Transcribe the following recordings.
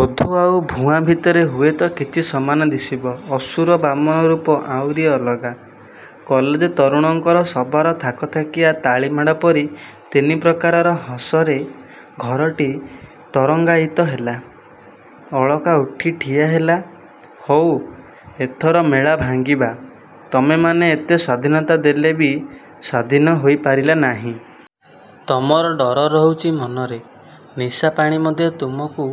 ଓଧ ଆଉ ଭୁଆଁ ଭିତରେ ହୁଏ ତ କିଛି ସମାନ ଦିଶିବ। ଅସୁର–ବାମନ ରୂପ ଆଉରି ଅଲଗା। କଲେଜ ତରୁଣଙ୍କର ସଭାର ଥାକଥାକିଆ ତାଳିମାଡ଼ପରି ତିନି ପ୍ରକାରର ହସରେ ଘରଟି ତରଙ୍ଗାୟିତ ହେଲା। ଅଳକା ଉଠି ଠିଆ ହେଲା–ହଉ, ଏଥର ମେଳା ଭାଙ୍ଗିବା। ତମେମାନେ ଏତେ ସ୍ୱାଧୀନତା ଦେଲେ ବି ସ୍ୱାଧୀନ ହେଇ ପାରିଲ ନାହିଁ। ତମର ଡର ରହୁଛି ମନରେ। ନିଶାପାଣି ମଧ୍ୟ ତୁମକୁ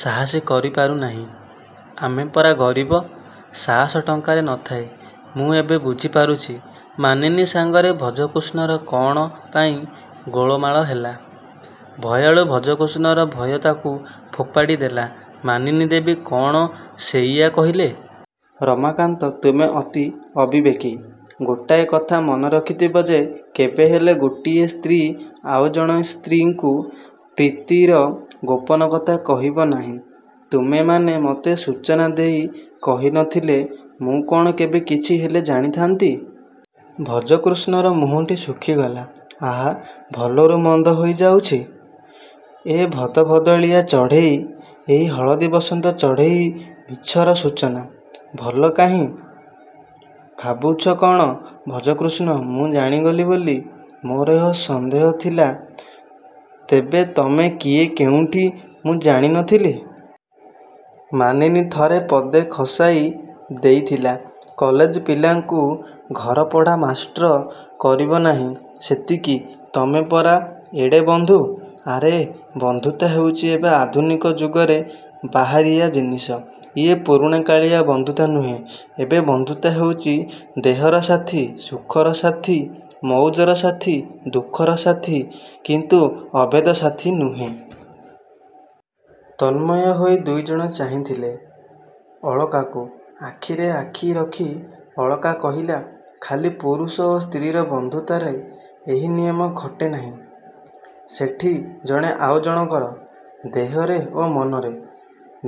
ସାହସୀ କରିପାରୁ ନାହିଁ। –ଆମେ ପରା ଗରିବ। –ସାହସ ଟଙ୍କାରେ ନ ଥାଏ। ମୁଁ ଏବେ ବୁଝିପାରୁଛି ମାନିନୀ ସାଙ୍ଗରେ ଭଜକୃଷ୍ଣର କ'ଣ ପାଇଁ ଗୋଳମାଳ ହେଲା–ଭୟାଳୁ ଭଜକୃଷ୍ଣର ଭୟ ତା'କୁ ଫୋପାଡ଼ି ଦେଲା। –ମାନିନୀ ଦେବୀ କ'ଣ ସେଇଆ କହିଲେ? –ରମାକାନ୍ତ, ତୁମେ ଅତି ଅବିବେକୀ। ଗୋଟାଏ କଥା ମନେ ରଖିଥିବ ଯେ, କେବେହେଲେ ଗୋଟିଏ ସ୍ତ୍ରୀ ଆଉ ଜଣେ ସ୍ତ୍ରୀକୁ ପ୍ରୀତିର ଗୋପନ କଥା କହିବ ନାହିଁ। ତୁମେମାନେ ମତେ ସୂଚନା ଦେଇ କହି ନ ଥିଲେ ମୁଁ କ'ଣ କେବେ କିଛି ହେଲେ ଜାଣିଥାନ୍ତି? ଭଜକୃଷ୍ଣର ମୁହଁଟି ଶୁଖିଗଲା। –ଆହା, ଭଲରୁ ମନ୍ଦ ହୋଇ ଯାଉଛି। ଏଇ ଭଦଭଦଳିଆ ଚଢ଼େଇ,–ଏଇ ହଳଦୀବସନ୍ତ ଚଢ଼େଇ ମିଛର ସୂଚନା। ଭଲ କାହିଁ? –ଭାବୁଛ କ'ଣ ଭଜକୃଷ୍ଣ? ମୁଁ ଜାଣିଗଲି ବୋଲି। ମୋର ସନ୍ଦେହ ଥିଲା। ତେବେ ତମେ କିଏ, କେଉଁଠି–ମୁଁ ଜାଣି ନ ଥିଲି। ମାନିନୀ ଥରେ ପଦେ ଖସାଇ ଦେଇଥିଲା–କଲେଜ ପିଲାଙ୍କୁ ଘରପଢ଼ା ମାଷ୍ଟ୍ର କରିବ ନାହିଁ–ସେତିକି। –ତମେ ପରା ଏଡ଼େ ବନ୍ଧୁ? –ଆରେ, ବନ୍ଧୁତା ହେଉଛି ଏବେ ଆଧୁନିକ ଯୁଗରେ ବାହାରିଆ ଜିନିଷ। ଇଏ ପୁରୁଣାକାଳିଆ ବନ୍ଧୁତା ନୁହେଁ। ଏବେ ବନ୍ଧୁତା ହେଉଛି ଦେହର ସାଥି, ସୁଖର ସାଥି, ମଉଜର ସାଥି, ଦୁଃଖର ସାଥି–କିନ୍ତୁ ଅଭେଦ ସାଥି ନୁହେଁ। ତନ୍ମୟ ହୋଇ ଦୁଇଜଣ ଚାହିଁଥିଲେ ଅଳକାକୁ।... ଆଖିରେ ଆଖି ରଖି ଅଳକା କହିଲା–ଖାଲି ପୁରୁଷ ଓ ସ୍ତ୍ରୀ'ର ବନ୍ଧୁତାରେ ଏହି ନିୟମ ଖଟେ ନାହିଁ। ସେଠି– –ଜଣେ ଆଉ ଜଣକର। ଦେହରେ ଓ ମନରେ।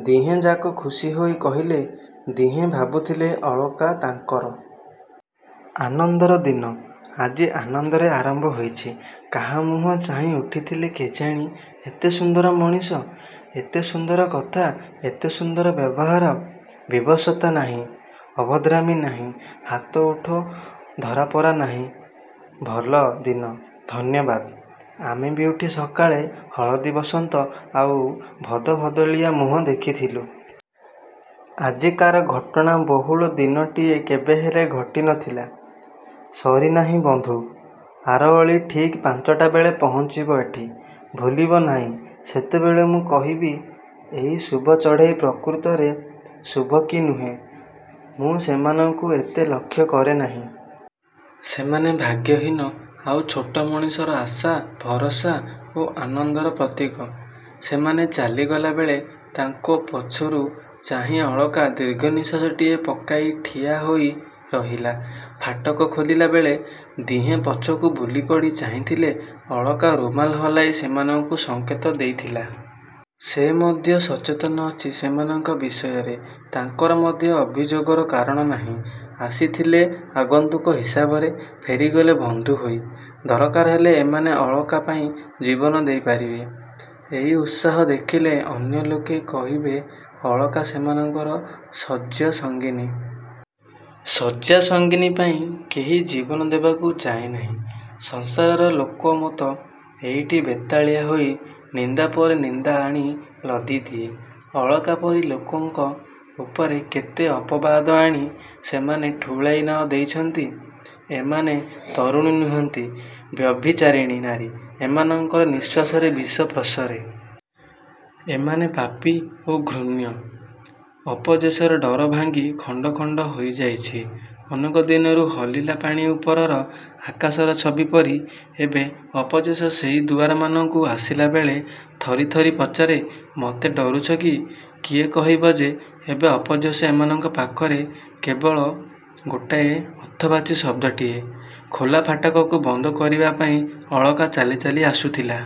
ଦିହେଁ ଯାକ ଖୁସି ହେଇ କହିଲେ। ଦିହେଁ ଭାବୁଥିଲେ–ଅଳକା ତାଙ୍କର। ଆନନ୍ଦର ଦିନ। ଆଜି ଆନନ୍ଦରେ ଆରମ୍ଭ ହୋଇଛି। କାହା ମୁହଁ ଚାହିଁ ଉଠିଥିଲି କେଜାଣି? –ଏତେ ସୁନ୍ଦର ମଣିଷ,–ଏତେ–ସୁନ୍ଦର କଥା–ଏତେ ସୁନ୍ଦର ବ୍ୟବହାର–ବିଭତ୍ସତା ନାହିଁ, ଅଭଦ୍ରାମି ନାହିଁ। ହାତ ଓଠ ଧରାପରା ନାହିଁ–ଭଲ ଦିନ–ଧନ୍ୟବାଦ। –ଆମେ ବି ଉଠି ସକାଳେ ହଳଦୀବସନ୍ତ ଆଉ ଭଦଭଦଳିଆ ମୁହଁ ଦେଖିଥିଲୁ।... ଆଜିକାର ଘଟଣାବହୁଳ ଦିନଟିଏ କେବେହେଲେ ଘଟି ନ ଥିଲା। –ସରି ନାହିଁ ବନ୍ଧୁ। ଆର ଓଳି ଠିକ୍ ପାଞ୍ଚଟା ବେଳେ ପହଞ୍ଚିବ ଏଠି।... ଭୁଲିବ ନାହିଁ ସେତେବେଳେ ମୁଁ କହିବି ଏଇ ଶୁଭ ଚଢ଼େଇ ପ୍ରକୃତରେ ଶୁଭ କି ନୁହେଁ। ମୁଁ ସେମାନଙ୍କୁ ଏତେ ଲକ୍ଷ୍ୟ କରେ ନାହିଁ। –ସେମାନେ ଭାଗ୍ୟହୀନ ଆଉ ଛୋଟ ମଣିଷର ଆଶା, ଭରସା ଓ ଆନନ୍ଦର ପ୍ରତୀକ। ସେମାନେ ଚାଲିଗଲା ବେଳେ ତାଙ୍କୁ ପଛରୁ ଚାହିଁ ଅଳକା ଦୀର୍ଘନିଶ୍ୱାସଟିଏ ପକାଇ ଠିଆ ହେଇ ରହିଲା। ଫାଟକ ଖୋଲିଲା ବେଳେ ଦିହେଁ ପଛକୁ ବୁଲିପଡ଼ି ଚାହିଁଥିଲେ–ଅଳକା ରୁମାଲ ହଲାଇ ସେମାନଙ୍କୁ ସଙ୍କେତ ଦେଇଥିଲା। ସେ ମଧ୍ୟ ସଚେତନ ଅଛି ସେମାନଙ୍କ ବିଷୟରେ। ତାଙ୍କର ମଧ୍ୟ ଅଭିଯୋଗର କାରଣ ନାହିଁ। ଆସିଥିଲେ ଆଗନ୍ତୁକ ହିସାବରେ–ଫେରିଗଲେ ବଂଧୁ ହେଇ। ଦରକାର ହେଲେ ଏମାନେ ଅଳକା ପାଇଁ ଜୀବନ ଦେଇ ପାରିବେ। ଏଇ ଉତ୍ସାହ ଦେଖିଲେ ଅନ୍ୟ ଲୋକ କହିବେ ଅଳକା ସେମାନଙ୍କର ଶଯ୍ୟାସଙ୍ଗିନୀ। ଶଯ୍ୟାସଙ୍ଗିନୀ ପାଇଁ କେହି ଜୀବନ ଦେବାକୁ ଯାଏ ନାହିଁ। ସଂସାରର ଲୋକମତ ଏଇଠି ବେତାଳିଆ ହେଇ ନିନ୍ଦା ପରେ ନିନ୍ଦା ଆଣି ଲଦିଦିଏ। ଅଳକା ପରି ଲୋକଙ୍କ ଉପରେ କେତେ ଅପବାଦ ଆଣି ସେମାନେ ଠୁଳାଇ ନ ଦେଇଛନ୍ତି–ଏମାନେ ତରୁଣୀ ନୁହନ୍ତି। ବ୍ୟଭିଚାରିଣୀ ନାରୀ। ଏମାନଙ୍କର ନିଶ୍ୱାସରେ ବିଷ ପ୍ରସରେ। ଏମାନେ ପାପୀ ଓ ଘୃଣ୍ୟ। ଅପଯଶର ଡର ଭାଙ୍ଗି ଖଣ୍ଡ ଖଣ୍ଡ ହୋଇଯାଇଛି ଅନେକ ଦିନରୁ ହଲିଲା ପାଣି ଉପରର ଆକାଶର ଛବି ପରି। ଏବେ ଅପଯଶ ସେହି ଦୁଆରମାନଙ୍କୁ ଆସିଲା ବେଳେ ଥରି ଥରି ପଚାରେ–ମତେ ଡରୁଛ କି? କିଏ କହିବ ଯେ ଏବେ ଅପଯଶ ଏମାନଙ୍କ ପାଖରେ କେବଳ ଗୋଟାଏ ଅର୍ଥବାଚି ଶବ୍ଦଟିଏ। ଖୋଲା ଫାଟକକୁ ବନ୍ଦ କରିବା ପାଇଁ ଅଳକା ଚାଲି ଚାଲି ଆସୁଥିଲା।